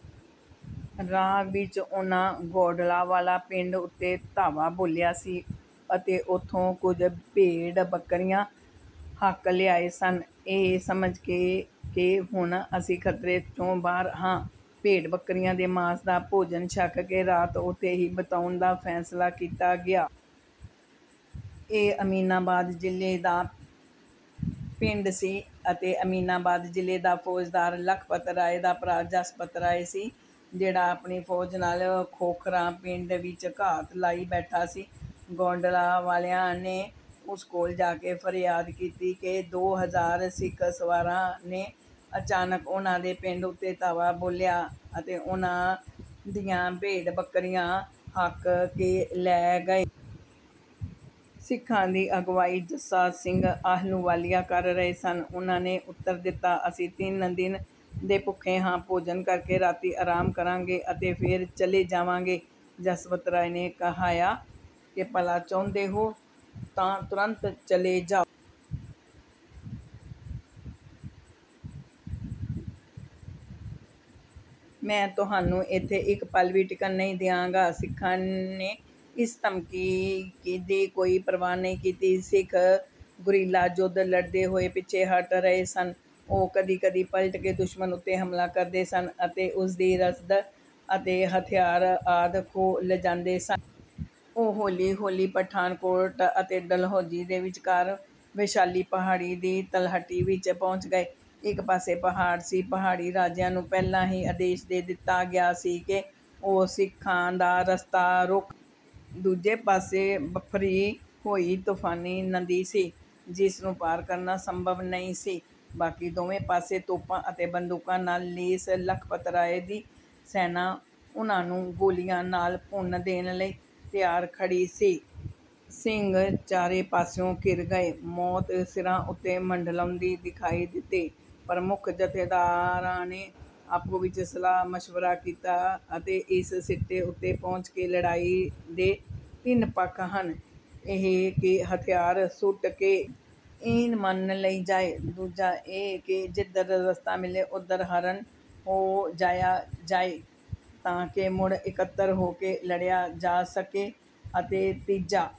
ਰਾਹ ਵਿੱਚ ਉਹਨਾਂ ਗੋਂਡਲਾ ਵਾਲਾ ਪਿੰਡ ਉੱਤੇ ਧਾਵਾ ਬੋਲਿਆ ਸੀ ਅਤੇ ਉੱਥੋਂ ਕੁਝ ਭੇਡ-ਬੱਕਰੀਆਂ ਹੱਕ ਲਿਆਏ ਸਨ। ਇਹ ਸਮਝ ਕੇ ਕਿ ਹੁਣ ਅਸੀਂ ਖ਼ਤਰੇ 'ਚੋਂ ਬਾਹਰ ਹਾਂ ਭੇਡ-ਬੱਕਰੀਆਂ ਦੇ ਮਾਸ ਦਾ ਭੋਜਨ ਛਕ ਕੇ ਰਾਤ ਉੱਥੇ ਹੀ ਬਿਤਾਉਣ ਦਾ ਫੈਸਲਾ ਕੀਤਾ ਗਿਆ। ਇਹ ਅਮੀਨਾਬਾਦ ਜ਼ਿਲੇ ਦਾ ਪਿੰਡ ਸੀ ਅਤੇ ਅਮੀਨਾਬਾਦ ਜ਼ਿਲੇ ਦਾ ਫੌਜਦਾਰ ਲਖਪਤ ਰਾਏ ਦਾ ਭਰਾ ਜਸਪਤ ਰਾਏ ਸੀ ਜਿਹੜਾ ਆਪਣੀ ਫੌਜ ਨਾਲ ਖੋਖਰਾਂ ਪਿੰਡ ਵਿੱਚ ਘਾਤ ਲਾਈ ਬੈਠਾ ਸੀ। ਗੋਂਡਲਾ ਵਾਲਿਆਂ ਨੇ ਉਸ ਕੋਲ ਜਾ ਕੇ ਫਰਿਆਦ ਕੀਤੀ ਕਿ ਦੋ ਹਜ਼ਾਰ ਸਿੱਖ ਸਵਾਰਾਂ ਨੇ ਅਚਾਨਕ ਉਹਨਾਂ ਦੇ ਪਿੰਡ ਉੱਤੇ ਧਾਵਾ ਬੋਲਿਆ ਅਤੇ ਉਹਨਾਂ ਦੀਆਂ ਭੇਡ-ਬੱਕਰੀਆਂ ਹੱਕ ਕੇ ਲੈ ਗਏ। ਸਿੱਖਾਂ ਦੀ ਅਗਵਾਈ ਜੱਸਾ ਸਿੰਘ ਆਹਲੂਵਾਲੀਆ ਕਰ ਰਹੇ ਸਨ। ਉਹਨਾਂ ਨੇ ਉੱਤਰ ਦਿੱਤਾ, "ਅਸੀਂ ਤਿੰਨ ਦਿਨ ਦੇ ਭੁੱਖੇ ਹਾਂ, ਭੋਜਨ ਕਰਕੇ ਰਾਤੀਂ ਆਰਾਮ ਕਰਾਂਗੇ ਅਤੇ ਫੇਰ ਚਲੇ ਜਾਵਾਂਗੇ।" ਜਸਪਤ ਰਾਏ ਨੇ ਕਹਾਇਆ ਕਿ ਭਲਾ ਚਾਹੁੰਦੇ ਹੋ ਤਾਂ ਤੁਰੰਤ ਚਲੇ ਜਾਓ। "ਮੈਂ ਤੁਹਾਨੂੰ ਇੱਥੇ ਇਕ ਪਲ ਵੀ ਟਿਕਣ ਨਹੀਂ ਦਿਆਂਗਾ।" ਸਿੱਖਾਂ ਨੇ ਇਸ ਧਮਕੀ ਦੀ ਕੋਈ ਪ੍ਰਵਾਹ ਨਹੀਂ ਕੀਤੀ। ਸਿੱਖ ਗੁਰੀਲਾ ਯੁੱਧ ਲੜਦੇ ਹੋਏ ਪਿੱਛੇ ਹਟ ਰਹੇ ਸਨ। ਉਹ ਕਦੀ-ਕਦੀ ਪਲਟ ਕੇ ਦੁਸ਼ਮਣ ਉੱਤੇ ਹਮਲਾ ਕਰਦੇ ਸਨ ਅਤੇ ਉਸਦੀ ਰਸਦ ਅਤੇ ਹਥਿਆਰ ਆਦਿ ਖੋਹ ਲਿਜਾਂਦੇ ਸਨ। ਉਹ ਹੌਲੀ-ਹੌਲੀ ਪਠਾਨਕੋਟ ਅਤੇ ਡਲਹੌਜੀ ਦੇ ਵਿਚਕਾਰ ਵੈਸ਼ਾਲੀ ਪਹਾੜੀ ਦੀ ਤਲਹਟੀ ਵਿੱਚ ਪਹੁੰਚ ਗਏ। ਇੱਕ ਪਾਸੇ ਪਹਾੜ ਸੀ। ਪਹਾੜੀ ਰਾਜਿਆਂ ਨੂੰ ਪਹਿਲਾਂ ਹੀ ਆਦੇਸ਼ ਦੇ ਦਿੱਤਾ ਗਿਆ ਸੀ ਕਿ ਉਹ ਸਿੱਖਾਂ ਦਾ ਰਸਤਾ ਰੋਕਣ। ਦੂਜੇ ਪਾਸੇ ਬਿਫਰੀ ਹੋਈ ਤੂਫ਼ਾਨੀ ਨਦੀ ਸੀ ਜਿਸ ਨੂੰ ਪਾਰ ਕਰਨਾ ਸੰਭਵ ਨਹੀਂ ਸੀ। ਬਾਕੀ ਦੋਵੇਂ ਪਾਸੀਂ ਤੋਪਾਂ ਅਤੇ ਬੰਦੂਕਾਂ ਨਾਲ ਲੈਸ ਲਖਪਤ ਰਾਏ ਦੀ ਸੈਨਾਂ ਉਹਨਾਂ ਨੂੰ ਗੋਲੀਆਂ ਨਾਲ ਭੁੰਨ ਦੇਣ ਲਈ ਤਿਆਰ ਖੜ੍ਹੀ ਸੀ। ਸਿੰਘ ਚਾਰੇ ਪਾਸਿਓਂ ਘਿਰ ਗਏ। ਮੌਤ ਸਿਰਾਂ ਉੱਤੇ ਮੰਡਲਾਉਂਦੀ ਦਿਖਾਈ ਦਿੱਤੀ। ਪ੍ਰਮੁੱਖ ਜੱਥੇਦਾਰਾਂ ਨੇ ਆਪੋ-ਵਿੱਚ ਸਲਾਹ-ਮਸ਼ਵਰਾ ਕੀਤਾ ਅਤੇ ਇਸ ਸਿੱਟੇ ਉੱਤੇ ਪਹੁੰਚੇ ਕਿ ਲੜਾਈ ਦੇ ਤਿੰਨ ਪੱਖ ਹਨ। ਇਹ ਕਿ ਹਥਿਆਰ ਸੁੱਟ ਕੇ ਈਨ ਮੰਨ ਲਈ ਜਾਏ, ਦੂਜਾ ਇਹ ਕਿ ਜਿੱਧਰ ਰਸਤਾ ਮਿਲੇ ਉਧਰ ਹਰਨ ਹੋ ਜਾਇਆ ਜਾਏ ਤਾਂ ਕਿ ਮੁੜ ਇਕੱਤਰ ਹੋ ਕੇ ਲੜਿਆ ਜਾ ਸਕੇ ਅਤੇ ਤੀਜਾ